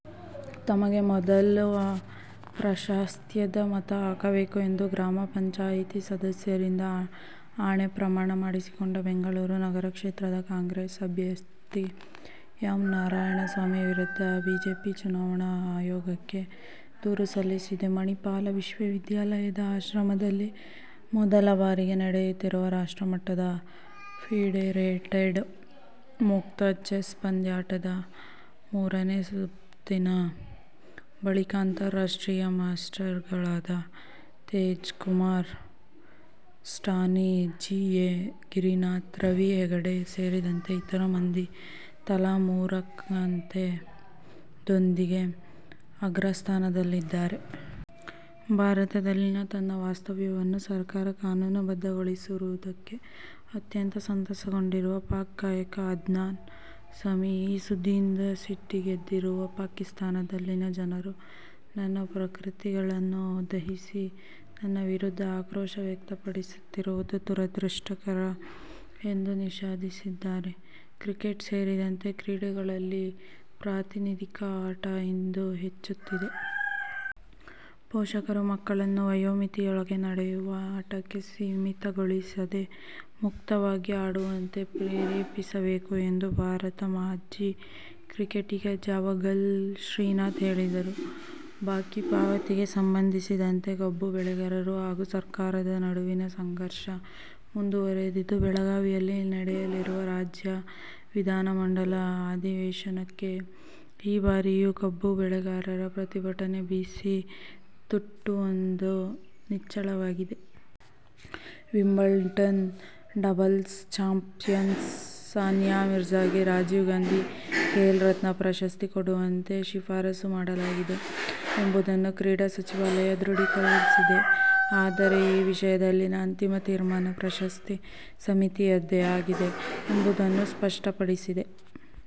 ತಮಗೇ ಮೊದಲ ಪ್ರಾಶಸ್ತ್ಯದ ಮತ ಹಾಕಬೇಕು ಎಂದು ಗ್ರಾಮ ಪಂಚಾಯಿತಿ ಸದಸ್ಯರಿಂದ ಆಣೆ-ಪ್ರಮಾಣ ಮಾಡಿಸಿಕೊಂಡ ಬೆಂಗಳೂರು ನಗರ ಕ್ಷೇತ್ರದ ಕಾಂಗ್ರೆಸ್ ಅಭ್ಯರ್ಥಿ ಎಂ. ನಾರಾಯಣಸ್ವಾಮಿ ವಿರುದ್ಧ ಬಿಜೆಪಿ ಚುನಾವಣಾ ಆಯೋಗಕ್ಕೆ ದೂರು ಸಲ್ಲಿಸಿದೆ. ಮಣಿಪಾಲ ವಿಶ್ವವಿದ್ಯಾಲಯದ ಆಶ್ರಯದಲ್ಲಿ ಮೊದಲ ಬಾರಿಗೆ ನಡೆಯುತ್ತಿರುವ ರಾಷ್ಟ್ರ ಮಟ್ಟದ ಫಿಡೆ ರೇಟೆಡ್ ಮುಕ್ತ ಚೆಸ್ ಪಂದ್ಯಾಟದ ಮೂರನೇ ಸುತ್ತಿನ ಬಳಿಕ ಅಂತಾರಾಷ್ಟ್ರೀಯ ಮಾಸ್ಟರ್ಗಳಾದ ತೇಜ್ಕುಮಾರ್, ಸ್ಟಾನಿ ಜಿಎ, ಗಿರಿನಾಥ್, ರವಿ ಹೆಗಡೆ ಸೇರಿದಂತೆ ಇತರ ಮಂದಿ ತಲಾ ಮೂರಂಕದೊಂದಿಗೆ ಅಗ್ರಸ್ಥಾನದಲ್ಲಿದ್ದಾರೆ. ಭಾರತದಲ್ಲಿನ ತನ್ನ ವಾಸ್ತವ್ಯವನ್ನು ಸರಕಾರ ಕಾನೂನು ಬದ್ಧಗೊಳಿಸಿರುವುದಕ್ಕೆ ಅತ್ಯಂತ ಸಂತಸಗೊಂಡಿರುವ ಪಾಕ್ ಗಾಯಕ ಅದ್ನಾನ್ ಸಮಿ, "ಈ ಸುದ್ದಿಯಿಂದ ಸಿಟ್ಟಿಗೆದ್ದಿರುವ ಪಾಕಿಸ್ಥಾನದಲ್ಲಿನ ಜನರು ನನ್ನ ಪ್ರತಿಕೃತಿಗಳನ್ನು ದಹಿಸಿ ನನ್ನ ವಿರುದ್ಧ ಆಕ್ರೋಶ ವ್ಯಕ್ತಪಡಿಸುತ್ತಿರುವುದು ದುರದೃಷ್ಟಕರ' ಎಂದು ವಿಷಾದಿಸಿದ್ದಾರೆ. ಕ್ರಿಕೆಟ್ ಸೇರಿದಂತೆ ಕ್ರೀಡೆಗಳಲ್ಲಿ ಪ್ರಾತಿನಿಧಿಕ ಆಟ ಇಂದು ಹೆಚ್ಚುತ್ತಿದೆ. ಪೋಷಕರು ಮಕ್ಕಳನ್ನು ವಯೋಮಿತಿಯೊಳಗೆ ನಡೆಯುವ ಆಟಕ್ಕೆ ಸೀಮಿತಗೊಳಿಸದೆ ಮುಕ್ತವಾಗಿ ಆಡುವಂತೆ ಪ್ರೇರೇಪಿಸಬೇಕು ಎಂದು ಭಾರತದ ಮಾಜಿ ಕ್ರಿಕೆಟಿಗ ಜಾವಗಲ್ ಶ್ರೀನಾಥ್ ಹೇಳಿದರು. ಬಾಕಿ ಪಾವತಿಗೆ ಸಂಬಂಧಿಸಿದಂತೆ ಕಬ್ಬು ಬೆಳೆಗಾರರು ಹಾಗೂ ಸರ್ಕಾರದ ನಡುವಿನ ಸಂಘರ್ಷ ಮುಂದುವರಿದಿದ್ದು, ಬೆಳಗಾವಿಯಲ್ಲಿ ನಡೆಯಲಿರುವ ರಾಜ್ಯ ವಿಧಾನಮಂಡಲ ಅಧಿವೇಶನಕ್ಕೆ ಈ ಬಾರಿಯೂ ಕಬ್ಬು ಬೆಳೆಗಾರರ ಪ್ರತಿಭಟನೆ ಬಿಸಿ ತಟ್ಟುವುದು ನಿಚ್ಚಳವಾಗಿದೆ. ವಿಂಬಲ್ಡನ್ ಡಬಲ್ಸ್ ಚಾಂಪ್ಯನ್ ಸಾನಿಯಾ ಮಿರ್ಜಾಗೆ ರಾಜೀವ್ ಗಾಂಧಿ ಖೇಲ್ ರತ್ನ ಪ್ರಶಸ್ತಿ ಕೊಡುವಂತೆ ಶಿಫಾರಸು ಮಾಡಲಾಗಿದೆ ಎಂಬುದನ್ನು ಕ್ರೀಡಾ ಸಚಿವಾಲಯ ದೃಢೀಕರಿಸಿದೆ. ಆದರೆ ಈ ವಿಷಯದಲ್ಲಿನ ಅಂತಿಮ ತೀರ್ಮಾನ ಪ್ರಶಸ್ತಿ ಸಮಿತಿಯದ್ದೇ ಆಗಿದೆ ಎಂಬುದನ್ನೂ ಸ್ಪಷ್ಟಪಡಿಸಿದೆ.